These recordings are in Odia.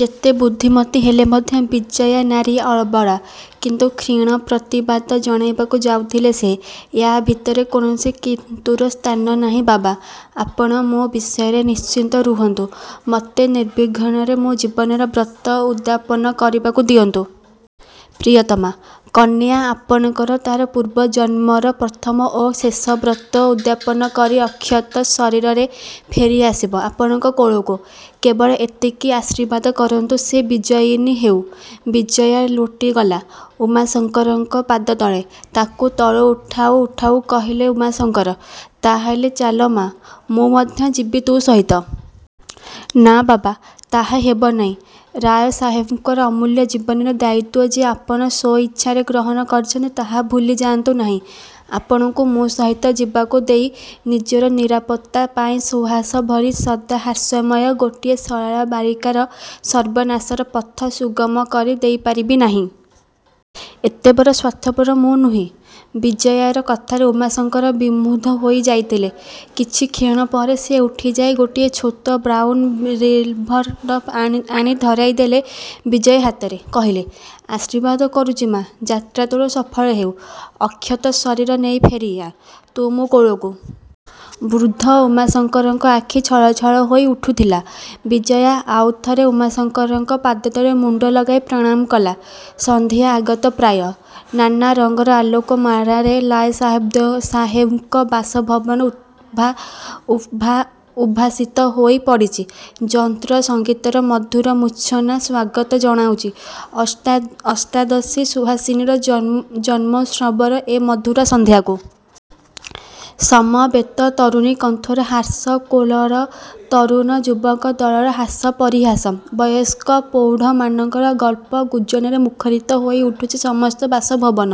ଯେତେ ବୁଦ୍ଧିମତୀ ହେଲେ ମଧ୍ୟ ବିଜୟା ନାରୀ। ଅବଳା। "କିନ୍ତୁ…… " କ୍ଷୀଣ ପ୍ରତିବାଦ ଜଣାଇବାକୁ ଯାଉଥିଲେ ସେ। "ୟା ଭିତରେ କୌଣସି କିନ୍ତୁର ସ୍ଥାନ ନାହିଁ ବାବା। ଆପଣ ମୋ ବିଷୟରେ ନିଶ୍ଚିନ୍ତ ରୁହନ୍ତୁ। ମୋତେ ନିର୍ବିଘ୍ନରେ ମୋ ଜୀବନର ବ୍ରତ ଉଦ୍ଯାପନ, କରିବାକୁ ଦିଅନ୍ତୁ। ପ୍ରିୟତମା କନ୍ୟା ଆପଣଙ୍କର, ତା'ର ପୂର୍ବଜନ୍ମର ପ୍ରଥମ ଓ ଶେଷବ୍ରତ ଉଦ୍ଯାପନ କରି ଅକ୍ଷତ ଶରୀରରେ ଫେରିଆସିବ ଆପଣଙ୍କ କୋଳକୁ। କେବଳ ଏତିକି ଆଶିର୍ବାଦ କରନ୍ତୁ ସେ ବିଜୟିନୀ ହେଉ। '' ବିଜୟା ଲୋଟିଗଲା ଉମାଶଙ୍କରଙ୍କ ପାଦତଳେ। ତାକୁ ତଳୁ ଉଠାଉ ଉଠାଉ କହିଲେ ଉମାଶଙ୍କର— "ତା' ହେଲେ ଚାଲ ମା, ମୁଁ ମଧ୍ୟ ଯିବି ତୋ ସହିତ। '' "ନା ବାବା ତାହା ହେବ ନାହିଁ। ରାୟ ସାହେବଙ୍କର ଅମୂଲ୍ୟ ଜୀବନର ଦାୟିତ୍ଵ ଯେ ଆପଣ ସ୍ଵଇଛାରେ ଗ୍ରହଣ କରିଛନ୍ତି ତାହା ଭୁଲି ଯା'ନ୍ତୁ ନାହିଁ। ଆପଣଙ୍କୁ ମୋ ସହିତ ଯିବାକୁ ଦେଇ, ନିଜର ନିରାପତ୍ତା ପାଇଁ ସୁହାସ ଭଳି ସଦା ହାସ୍ୟମୟୀ, ଗୋଟିଏ ସରଳା ବାଳିକାର ସର୍ବନାଶର ପଥ ସୁଗମ କରି ଦେଇ ପାରିବି ନାହିଁ। ଏତେବଡ଼ ସ୍ଵାର୍ଥପର ମୁଁ ନୁହେଁ। '' ବିଜୟାର କଥାରେ ଉମାଶଙ୍କର ବିମୁଢ଼ ହୋଇ ଯାଇଥିଲେ। କିଛିକ୍ଷଣପରେ ସେ ଉଠିଯାଇ ଗୋଟିଏ ଛୋଟ ବ୍ରାଉନିଂ ରିଭଲଭର ଆଣି ଧରାଇ ଦେଲେ ବିଜୟା ହାତରେ, କହିଲେ— "ଆଶିର୍ବାଦ କରୁଚି ମା, ଯାତ୍ରା ତୋର ସଫଳ ହେଉ। ଅକ୍ଷତ ଶରୀର ନେଇ ଫେରିଆ ତୁ ମୋ କୋଳକୁ। '' ବୃଦ୍ଧ ଉମାଶଙ୍କରଙ୍କ ଆଖି ଛଳ ଛଳ ହୋଇ ଉଠୁଥିଲା। ବିଜୟା ଆଉଥରେ ଉମାଶଙ୍କରଙ୍କ ପାଦତଳେ ମୁଣ୍ତ ଲଗାଇ ପ୍ରଣାମ କଲା। ସନ୍ଧ୍ୟା ଆଗତ ପ୍ରାୟ। ନାନା ରଙ୍ଗର ଆଲୋକମାଳାରେ ରାୟ ସାହେବଙ୍କ ବାସ-ଭବନ ଉଦ୍ଭାସିତ ହୋଇ ପଡ଼ିଚି। ଯନ୍ତ୍ର ସଙ୍ଗୀତର ମଧୁର ମୂର୍ଚ୍ଛନା ସ୍ଵାଗତ ଜଣାଉଚି ଅଷ୍ଟାଦଶୀ ସୁହାସିନୀର ଜନ୍ମୋତ୍ସବର ଏ ମଧୁର ସନ୍ଧ୍ୟାକୁ। ସମବେତ ତରୁଣୀ କଣ୍ଠର ହାସ କଲ୍ଲୋଳ, ତରୁଣ ଯୁବକ ଦଳର ହାସ ପରିହାସ, ବୟସ୍କ ପ୍ରୌଢ଼ମାନଙ୍କର ଗଳ୍ପ ଗୁଞ୍ଜନରେ ମୁଖରିତ ହୋଇ ଉଠୁଚି ସମସ୍ତ ବାସଭବନ।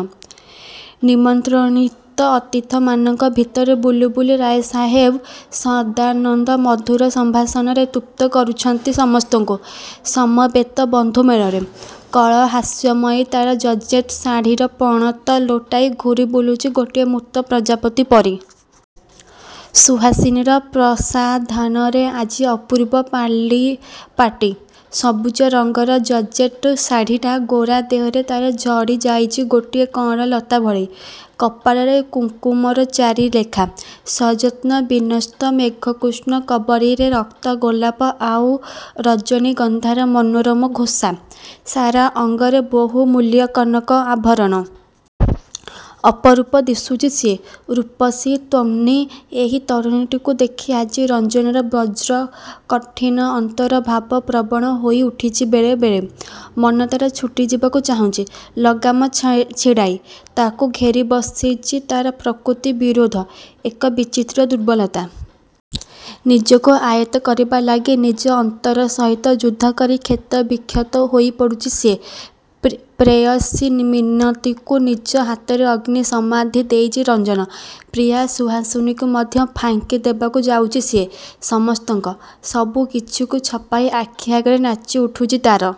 ନିମନ୍ତ୍ରଣିତ ଅତିଥିମାନଙ୍କ ଭିତରେ ବୁଲି ବୁଲି ରାୟସାହେବ ସଦାନନ୍ଦ ମଧୁର ସମ୍ଭାଷଣରେ ତୃପ୍ତ କରୁଚନ୍ତି ସମସ୍ତଙ୍କୁ। ସମବେତ ବନ୍ଧୁ ମେଳରେ କଳ-ହାସ୍ୟମୟୀ ତା'ର ଜର୍ଜେଟ ଶାଢ଼ିର ପଣତ ଲୋଟାଇ ଘୂରି ବୁଲୁଚି ଗୋଟିଏ ମୁକ୍ତ ପ୍ରଜାପତି ପରି। ସୁହାସିନୀର ପ୍ରସାଧାନରେ ଆଜି ଅପୂର୍ବ ପାରିପାଟି। ସବୁଜ ରଙ୍ଗର ଜର୍ଜେଟ ଶାଢ଼ିଟା ଗୋରା ଦେହରେ ତାର ଜଡ଼ି ଯାଇଚି ଗୋଟିଏ କଅଁଳ ଲତା ଭଳି। କପାଳରେ କୁଙ୍କୁମର ଚାରି ଲେଖା। ସଯତ୍ନ ବିନ୍ୟସ୍ତ ମେଘକୃଷ୍ଣ କବରୀରେ ରକ୍ତ ଗୋଲାପ ଆଉ ରଜନୀଗନ୍ଧାର ମନୋରମ ଖୋଷା। ସାରା ଅଙ୍ଗରେ ବହୁ ମୂଲ୍ୟ କନକ ଆଭରଣ-। ଅପରୂପ ଦିଶୁଚି ସେ। ରୂପସୀ, ତନ୍ଵୀ, ଏଇ ତରୁଣୀଟିକୁ ଦେଖି ଆଜି ରଞ୍ଜନର ବଜ୍ରକଠିନ ଅନ୍ତର ଭାବପ୍ରବଣ ହୋଇ ଉଠୁଚି ବେଳେ ବେଳେ। ମନ ତା'ର ଛୁଟି ଯିବାକୁ ଚାହୁଁଚି ଲଗାମ ଛିଡ଼ାଇ। ତାକୁ ଘେରି ବସୁଚି ତା'ର ପ୍ରକୃତି ବିରୁଦ୍ଧ ଏକ ବିଚିତ୍ର ଦୁର୍ବଳତା। ନିଜକୁ ଆୟତ୍ତ କରିବା ଲାଗି ନିଜ ଅନ୍ତର ସହିତ ଯୁଦ୍ଧ କରି କ୍ଷତବିକ୍ଷତ ହୋଇ ପଡ଼ୁଚି ସେ। ପ୍ରେୟସୀ ମିନତୀକୁ ନିଜ ହାତରେ ଅଗ୍ନି ସମାଧି ଦେଇଚି ରଞ୍ଜନ। ପ୍ରିୟା ସୁହାସିନୀକୁ ମଧ୍ୟ ଫାଙ୍କି ଦେବାକୁ ଯାଉଚି ସେ। ସମସ୍ତଙ୍କ, ସବୁ କିଛିକୁ ଛପାଇ ଆଖି ଆଗରେ ନାଚି ଉଠୁଚି ତାର